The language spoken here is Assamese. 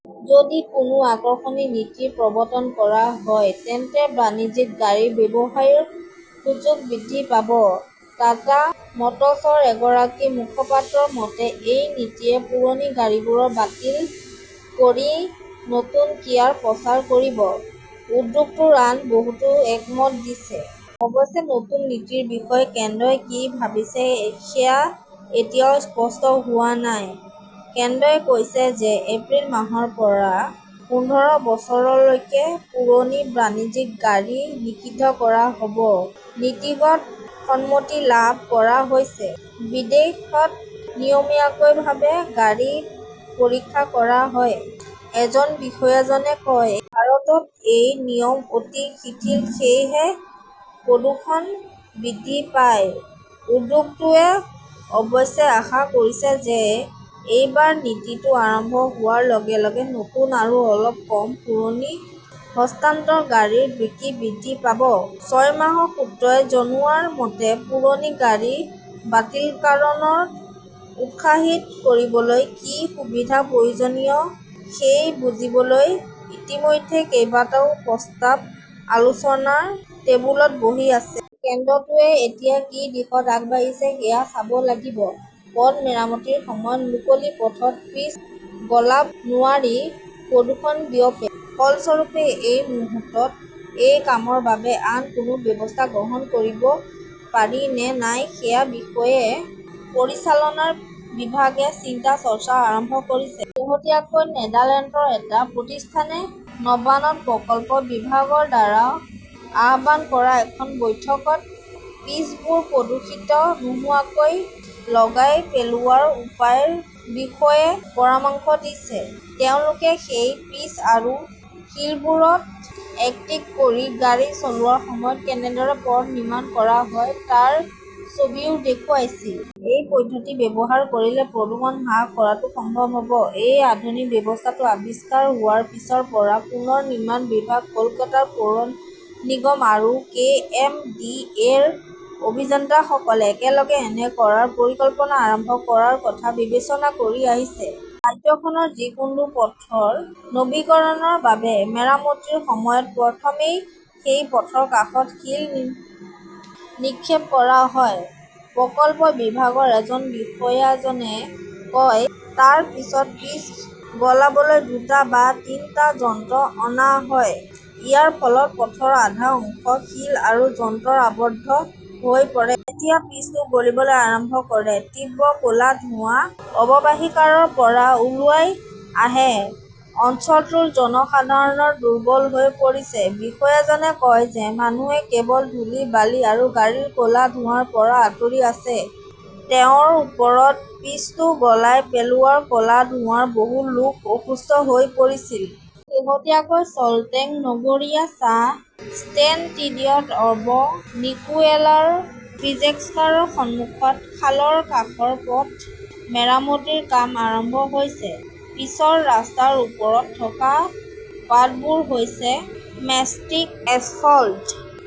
যদি কোনো আকৰ্ষণীয় নীতি প্ৰৱৰ্তন কৰা হয়, তেন্তে বাণিজ্যিক গাড়ী ব্যৱসায়ৰ সুযোগো বৃদ্ধি পাব। টাটা মটৰ্ছৰ এগৰাকী মুখপাত্ৰৰ মতে, এই নীতিয়ে পুৰণি গাড়ীবোৰ বাতিল কৰি নতুন ক্ৰয়ৰ প্ৰচাৰ কৰিব। উদ্যোগটোৰ আন বহুতে একমত দিছে। অৱশ্যে নতুন নীতিৰ বিষয়ে কেন্দ্ৰই কি ভাবিছে, সেয়া এতিয়াও স্পষ্ট হোৱা নাই। কেন্দ্ৰই কৈছিল যে, এপ্ৰিল মাহৰ পৰা পোন্ধৰ বছৰতকৈ পুৰণি বাণিজ্যিক গাড়ী নিষিদ্ধ কৰা হব। নীতিগত সন্মতি লাভ কৰা হৈছে। "বিদেশত নিয়মীয়াভাৱে গাড়ী পৰীক্ষা কৰা হয়", এজন বিষয়াজনে কয়। ভাৰতত এই নিয়ম অতি শিথিল, সেয়েহে প্ৰদূষণ বৃদ্ধি পায়। "উদ্যোগটোৱে অৱশ্যে আশা কৰিছে যে, এইবাৰ নীতিটো আৰম্ভ হোৱাৰ লগে লগে নতুন আৰু অলপ কম পুৰণি হস্তান্তৰ গাড়ীৰ বিক্ৰী বৃদ্ধি পাব। ছিয়ামৰ সূত্ৰই জনোৱা মতে, পুৰণি গাড়ী বাতিলকৰণক উৎসাহিত কৰিবলৈ কি সুবিধা প্ৰয়োজনীয়, সেয়া বুজিবলৈ ইতিমধ্যে কেইবাটাও প্ৰস্তাৱ আলোচনাৰ টেবুলত বহি আছে। কেন্দ্ৰটোৱে এতিয়া কি দিশত আগবাঢ়িছে সেয়া চাব লাগিব। পথ মেৰামতিৰ সময়ত মুকলি পথত পিচ গলাব নোৱাৰিলে প্ৰদূষণ বিয়পে। ফলস্বৰূপে, এই মুহূৰ্তত এই কামৰ বাবে আন কোনো ব্যৱস্থা গ্ৰহণ কৰিব পাৰি নে নাই, সেই বিষয়ে পৰিচালনা বিভাগে চিন্তা-চৰ্চা আৰম্ভ কৰিছে। শেহতীয়াকৈ নেদাৰলেণ্ডৰ এটা প্ৰতিষ্ঠানে নবানত প্ৰকল্প বিভাগৰ দ্বাৰা আহ্বান কৰা এখন বৈঠকত পিচবোৰ প্ৰদূষিত নোহোৱাকৈ গলাই পেলোৱাৰ উপায়ৰ বিষয়ে পৰামৰ্শ দিছিল। তেওঁলোকে সেই পিচ আৰু শিলবোৰ একত্ৰিত কৰি গাড়ী চলোৱাৰ সময়ত কেনেদৰে পথ নিৰ্মাণ কৰা হয়, তাৰ ছবিও দেখুৱাইছিল। এই পদ্ধতি ব্যৱহাৰ কৰিলে প্ৰদূষণ হ্ৰাস কৰাটো সম্ভৱ হব। এই আধুনিক ব্যৱস্থাটো আৱিষ্কাৰ হোৱাৰ পিছৰে পৰা পুনৰ নিৰ্মাণ বিভাগ, কলকাতা পৌৰ নিগম আৰু কে. এম. ডি. এ. -ৰ অভিযন্তাসকলে একেলগে এনে কৰাৰ পৰিকল্পনা আৰম্ভ কৰাৰ কথা বিবেচনা কৰি আহিছে। ৰাজ্যখনৰ যিকোনো পথৰ নৱীকৰণ বা মেৰামতিৰ সময়ত প্ৰথমে সেই পথৰ কাষত শিল নিক্ষেপ কৰা হয়", প্ৰকল্প বিভাগৰ এজন বিষয়াজনে কয়। তাৰ পিছত পিচ গলাবলৈ দুটা বা তিনিটা যন্ত্ৰ অনা হয়। ইয়াৰ ফলত পথৰ আধা অংশ শিল আৰু যন্ত্ৰত আবদ্ধ হৈ পৰে। যেতিয়া পিচটো গলিবলৈ আৰম্ভ কৰে, তীব্ৰ ক'লা ধোঁৱা অৱবাহিকাৰ পৰা ওলাই আহে। অঞ্চলটোৰ জনসাধাৰণ দুৰ্বল হৈ পৰিছিল। বিষয়াজনে কয় যে, মানুহ কেৱল ধূলি, বালি আৰু গাড়ীৰ ক'লা ধোঁৱাৰ পৰা আঁতৰি আছে। তেওঁৰ ওপৰত পিচটো গলাই পেলোৱা ক'লা ধোঁৱাত বহু লোক অসুস্থ হৈ পৰিছিল। শেহতীয়াকৈ চল্টলেক নগৰীৰ চাহা ইনষ্টিটিউট অৱ নিউক্লিয়াৰ ফিজিক্সৰ সন্মুখত খালৰ কাষৰ পথ মেৰামতিৰ কাম আৰম্ভ হৈছে। পিচৰ ৰাস্তাৰ ওপৰত থকা পাতবোৰ হৈছে মেষ্টিক এছফল্ট।